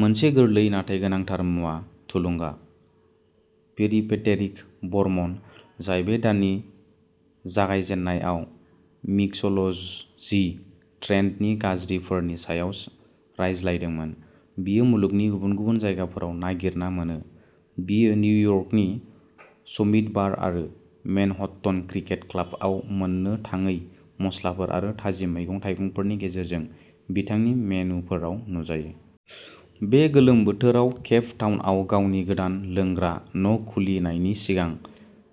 मोनसे गोरलै नाथाय गोनांथार मुवा थुलुंगा। पेरिपेटेटिक बर्मन जाय बे दाननि जागाय जेन्नायाव मिक्स'ल'जि ट्रेन्दनि गाज्रिफोरनि सायाव रायज्लायदोंमोन। बेखौ मुलुगनि गुबुन गुबुन जायगाफोराव नागिरना मोनो। बेयो निउयर्कनि समिट बार आरो मैनहट्टन क्रिकेट क्लाबआव मोननो थाङै मस्लाफोर आरो थाजिम मैगं-थाइगंफोरनि गेजेरजों बिथांनि मेनुफोराव नुजायो। बे गोलोम बोथोराव केप टाउनआव गावनि गोदान लोंग्रा न'खुलिनायनि सिगां,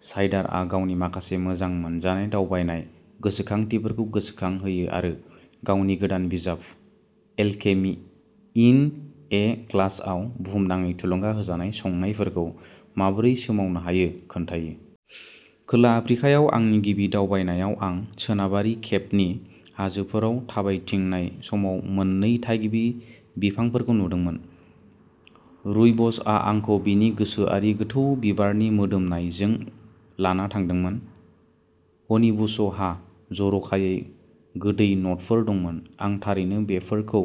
साइडारआ गावनि माखासे मोजां मोनजानाय दावबायनाय गोसोखांथिफोरखौ गोसोखांहोयो आरो गावनि गोदान बिजाब एलकेमि इन ए ग्लासआव बुहुमनाङै थुलुंगा होजानाय संनायफोरखौ माबोरै सोमावनो हायो खोन्थायो। खोला आफ्रिकायाव आंनि गिबि दावबायनायाव आं सोनाबारि केपनि हाजोफोराव थाबायथिंनाय समाव मोन्नै थागिबि बिफांफोरखौ नुदोंमोन। रुइबसआ आंखौ बेनि गोसोआरि गोथौ बिबारनि मोदोमनायजों लाना थांदोंमोन हनिबुसहा जर'खायै गोदै न'टफोर दंमोन। आं थारैनो बेफोरखौ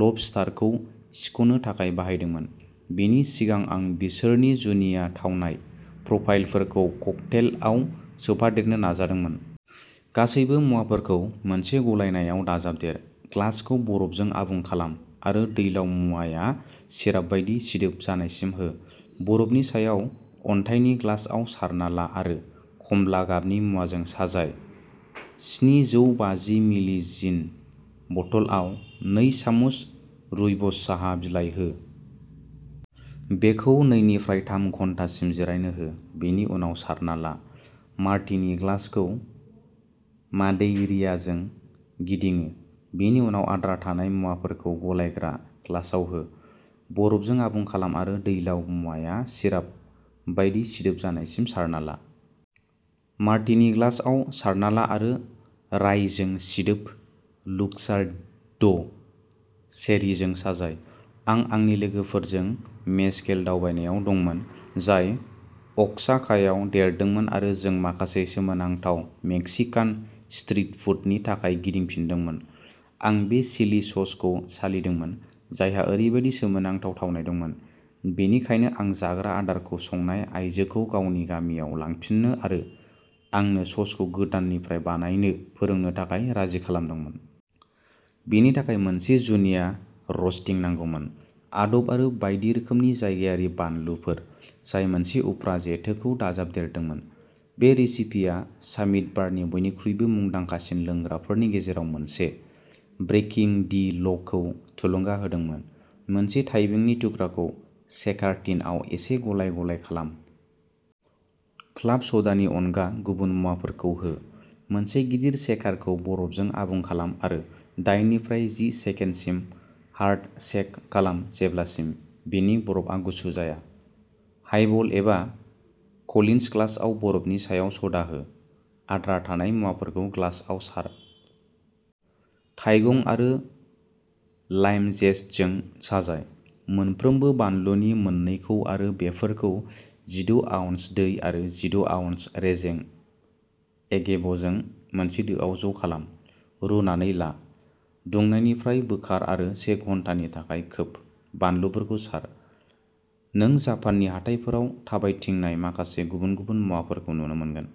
लबस्टारखौ सिख'नो थाखाय बाहायदोंमोन, बेनि सिगां आं बिसोरनि जुनिया थावनाय प्रफाइलफोरखौ ककटेलआव सोफादेरनो जागायदोंमोन। गासैबो मुवाफोरखौ मोनसे गलायनायाव दाजाबदेर। ग्लासखौ बरफजों आबुं खालाम आरो दैलाव मुवाया सिराप बायदि सिदोब जानायसिम हो। बरफनि सायाव अन्थाइनि ग्लासआव सारना ला आरो खमला गाबनि मुवाजों साजाय। स्निजौबाजि मिलि जिन बथलआव नै सामुस रुइबस साहा बिलाइ हो। बेखौ नैनिफ्राय थाम घन्टासिम जिरायनो हो, बेनि उनाव सारना ला। मार्टिनि ग्लासखौ मादेइरियाजों गिदिङो, बेनि उनाव आद्रा थानाय मुवाफोरखौ गलायग्रा ग्लासाव हो। बरफजों आबुं खालाम आरो दैलाव मुवाया सिराप बायदि सिदोब जानायसिम सारना ला। मार्टिनि ग्लासआव सारना ला आरो राइजों सिदोब लुक्सार्डो चेरीजों साजाय। आं आंनि लोगोफोरजों मेजकेल दावबायनायाव दंमोन, जाय अ'क्साकायाव देरदोंमोन आरो जों माखासे सोमोनांथाव मेक्सिकान स्ट्रिट फुडनि थाखाय गिदिंफिनदोंमोन। आं बे चिलि ससखौ साखिदोंमोन, जायहा ओरैबायदि सोमोनांथाव थावनाय दंमोन, बेनिखायनो आं जाग्रा आदारखौ संनाय आयजोखौ गावनि गामियाव लांफिननो आरो आंनो स'सखौ गोदाननिफ्राय बानायनो फोरोंनो थाखाय राजि खालामदोंमोन। बेनि थाखाय मोनसे जुनिया रस्टिं नांगौमोन। आदब आरो बायदि रोखोमनि जायगायारि बानलुफोर, जाय मोनसे उफ्रा जेथोखौ दाजाबदेरदोंमोन। बे रेसिपिया सामिट बारनि बयनिख्रुइबो मुंदांखासिन लोंग्राफोरनि गेजेराव मोनसे, ब्रेकिं दि लखौ थुलुंगा होदोंमोन। मोनसे थाइबेंनि थुख्राखौ शेकार टिनआव एसे गलाय-गलाय खालाम। क्लाब स'डानि अनगा गुबुन मुवाफोरखौ हो। मोनसे गिदिर शेकारखौ बरफजों आबुं खालाम आरो दाइननिफ्राय जि सेकेन्डसिम हार्ड शेक खालाम जेब्लासिम बेनि बरफआ गुसु जाया। हाइबल एबा कलिन्स ग्लासआव बरफनि सायाव स'डा हो। आद्रा थानाय मुवाफोरखौ ग्लासआव सार। थाइगं आरो लाइम जेस्टजों साजाय। मोनफ्रोमबो बानलुनि मोननैखौ आरो बेफोरखौ जिद ' आउन्स दै आरो जिद' आउन्स रेजें एगेभजों मोनसे दोआव ज' खालाम। रुनानै ला, दुंनायनिफ्राय बोखार आरो से घन्टानि थाखाय खोब। बानलुफोरखौ सार। नों जापाननि हाथाइफोराव थाबायथिंनाय माखासे गुबुन-गुबुन मुवाफोरखौ नुनो मोनगोन।